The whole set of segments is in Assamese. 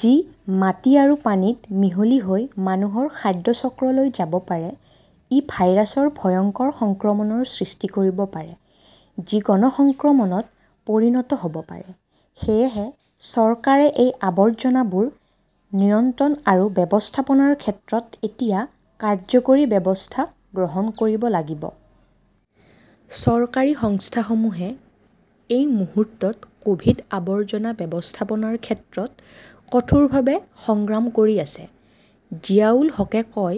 যি মাটি আৰু পানীত মিহলি হৈ মানুহৰ খাদ্য চক্ৰলৈ যাব পাৰে। ই ভাইৰাছৰ ভয়ংকৰ সংক্ৰমণৰ সৃষ্টি কৰিব পাৰে, যি গণ সংক্ৰমণত পৰিণত হ 'ব পাৰে। সেয়েহে চৰকাৰে এই আৱৰ্জনাবোৰ নিয়ন্ত্ৰণ আৰু ব্যৱস্থাপনাৰ ক্ষেত্ৰত এতিয়া কাৰ্যকৰী ব্যৱস্থা গ্ৰহণ কৰিব লাগিব। চৰকাৰী সংস্থাসমূহে এই মুহূৰ্তত ক’ভিড- আৱৰ্জনা ব্যৱস্থাপনাৰ ক্ষেত্ৰত কঠোৰভাৱে সংগ্ৰাম কৰি আছে, জিয়াউল হাকে কয়।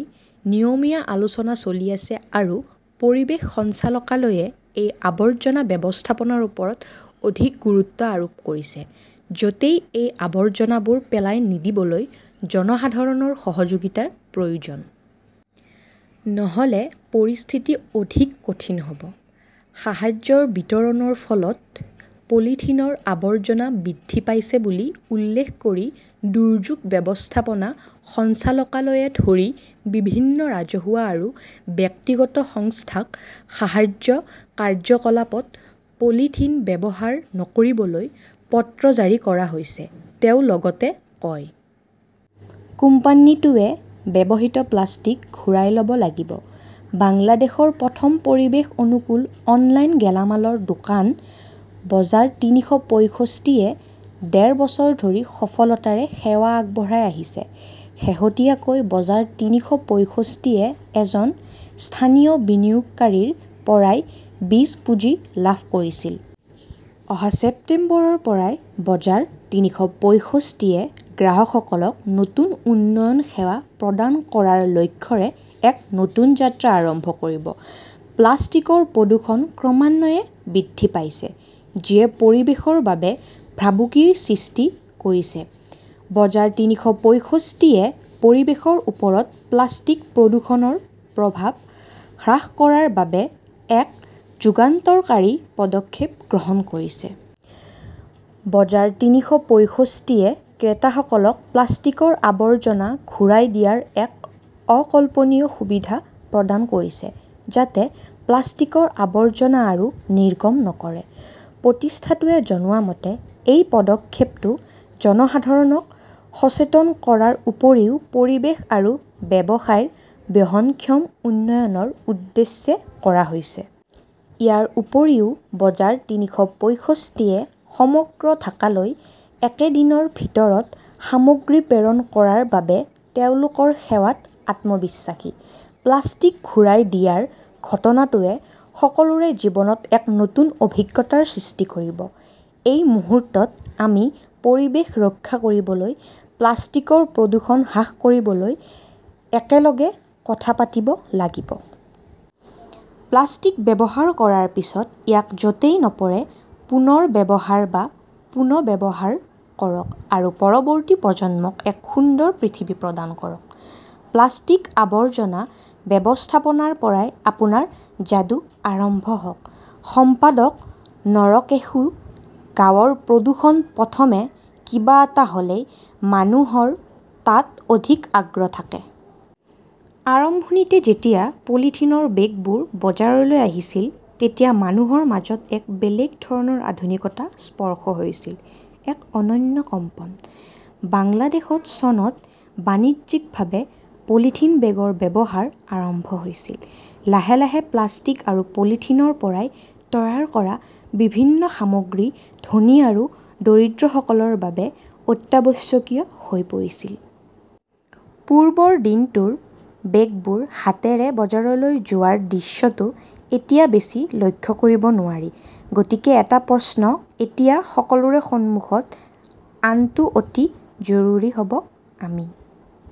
নিয়মীয়া আলোচনা চলি আছে আৰু পৰিৱেশ সঞ্চালকালয়ই এই আৱৰ্জনা ব্যৱস্থাপনাৰ ওপৰত অধিক গুৰুত্ব আৰোপ কৰিছে। য 'তেই এই আৱৰ্জনাবোৰ পেলাই নিদিবলৈ জনসাধাৰণৰ সহযোগিতাৰ প্ৰয়োজন। নহ’লে পৰিস্থিতি অধিক কঠিন হ’ব। সাহায্য বিতৰণৰ ফলত পলিথিনৰ আৱৰ্জনা বৃদ্ধি পাইছে বুলি উল্লেখ কৰি দুৰ্যোগ ব্যৱস্থাপনা সঞ্চালকালয়কে ধৰি বিভিন্ন ৰাজহুৱা আৰু ব্যক্তিগত সংস্থাক সাহায্য কাৰ্যকলাপত পলিথিন ব্যৱহাৰ নকৰিবলৈ পত্ৰ জাৰি কৰা হৈছে, তেওঁ লগতে কয়। কোম্পানীটোৱে ব্যৱহৃত প্লাষ্টিক ঘূৰাই ল 'ব লাগিব বাংলাদেশৰ প্ৰথম পৰিৱেশ-অনুকূল অনলাইন গেলামালৰ দোকান বজাৰতিনিশ পয়ষষ্ঠি-এ ডেৰ বছৰ ধৰি সফলতাৰে সেৱা আগবঢ়াই আহিছে। শেহতীয়াকৈ বজাৰ তিনিশ পয়ষষ্ঠি-এ এজন স্থানীয় বিনিয়োগকাৰীৰ পৰা বীজ পুঁজি লাভ কৰিছিল। অহা ছেপ্টেম্বৰৰ পৰা বজাৰ তিনিশ পয়ষষ্ঠি-এ গ্ৰাহকসকলক উন্নত সেৱা প্ৰদান কৰাৰ লক্ষ্যৰে এক নতুন যাত্ৰা আৰম্ভ কৰিব। প্লাষ্টিকৰ প্ৰদূষণ ক্ৰমান্বয়ে বৃদ্ধি পাইছে, যিয়ে পৰিৱেশৰ বাবে ভাবুকিৰ সৃষ্টি কৰিছে। বজাৰ তিনিশ পয়ষষ্ঠি-এ পৰিৱেশৰ ওপৰত প্লাষ্টিক প্ৰদূষণৰ প্ৰভাৱ হ্ৰাস কৰাৰ বাবে এক যুগান্তকাৰী পদক্ষেপ গ্ৰহণ কৰিছে। বজাৰ তিনিশ পয়ষষ্ঠি-এ ক্ৰেতাসকলক প্লাষ্টিকৰ আৱৰ্জনা ঘূৰাই দিয়াৰ এক অকল্পনীয় সুবিধা প্ৰদান কৰিছে যাতে প্লাষ্টিকৰ আৱৰ্জনা আৰু নিৰ্গমন নকৰে। প্ৰতিষ্ঠানটোৱে জনোৱা মতে, এই পদক্ষেপটো জনসাধাৰণক সচেতন কৰাৰ উপৰিও পৰিৱেশ আৰু ব্যৱসায়ৰ বহনক্ষম উন্নয়নৰ উদ্দেশ্যে কৰা হৈছে। ইয়াৰ উপৰিও, বজাৰতিনিশ পয়ষষ্ঠি-এ সমগ্ৰ ঢাকালৈ একে দিনৰ ভিতৰত সামগ্ৰী প্ৰেৰণ কৰাৰ বাবে তেওঁলোকৰ সেৱাত আত্মবিশ্বাসী। প্লাষ্টিক ঘূৰাই দিয়াৰ ঘটনাটোৱে সকলোৰে জীৱনত এক নতুন অভিজ্ঞতাৰ সৃষ্টি কৰিব। এই মুহূৰ্তত আমি পৰিৱেশ ৰক্ষা কৰিবলৈ প্লাষ্টিকৰ প্ৰদূষণ হ্ৰাস কৰিবলৈ একেলগে কথা পাতিব লাগিব। প্লাষ্টিক ব্যৱহাৰ কৰাৰ পিছত ইয়াক য 'তেই নপৰে পুনৰ ব্যৱহাৰ বা পুনৰ্ব্যৱহাৰ কৰক আৰু পৰৱৰ্তী প্ৰজন্মক এক সুন্দৰ পৃথিৱী প্ৰদান কৰক। প্লাষ্টিকৰ আৱৰ্জনা ব্যৱস্থাপনাৰ পৰাই আপোনাৰ যাদু আৰম্ভ হওঁক! সম্পাদক নৰকেশুঃ গাঁৱৰ প্ৰদূষণ প্ৰথমে কিবা এটা হ’লে মানুহৰ তাত অধিক আগ্ৰহ থাকে। আৰম্ভণিতে যেতিয়া পলিথিনৰ বেগবোৰ বজাৰলৈ আহিছিল, তেতিয়া মানুহৰ মাজত এক বেলেগ ধৰণৰ আধুনিকতাৰ স্পৰ্শ হৈছিল, এক অনন্য কম্পন। বাংলাদেশত চনত বাণিজ্যিকভাৱে পলিথিন বেগৰ ব্যৱহাৰ আৰম্ভ হৈছিল। লাহে লাহে প্লাষ্টিক আৰু পলিথিনৰ পৰা তৈয়াৰ কৰা বিভিন্ন সামগ্ৰী ধনী আৰু দৰিদ্ৰ সকলোৰে বাবে অত্যাৱশ্যকীয় হৈ পৰিছে। পূৰ্বৰ দিনটোৰ বেগবোৰ হাতেৰে বজাৰলৈ যোৱাৰ দৃশ্যটো এতিয়া বেছি লক্ষ্য কৰিব নোৱাৰি। গতিকে এটা প্ৰশ্ন এতিয়া সকলোৰে সন্মুখত অনাটো অতি জৰুৰী হ’ব-আমি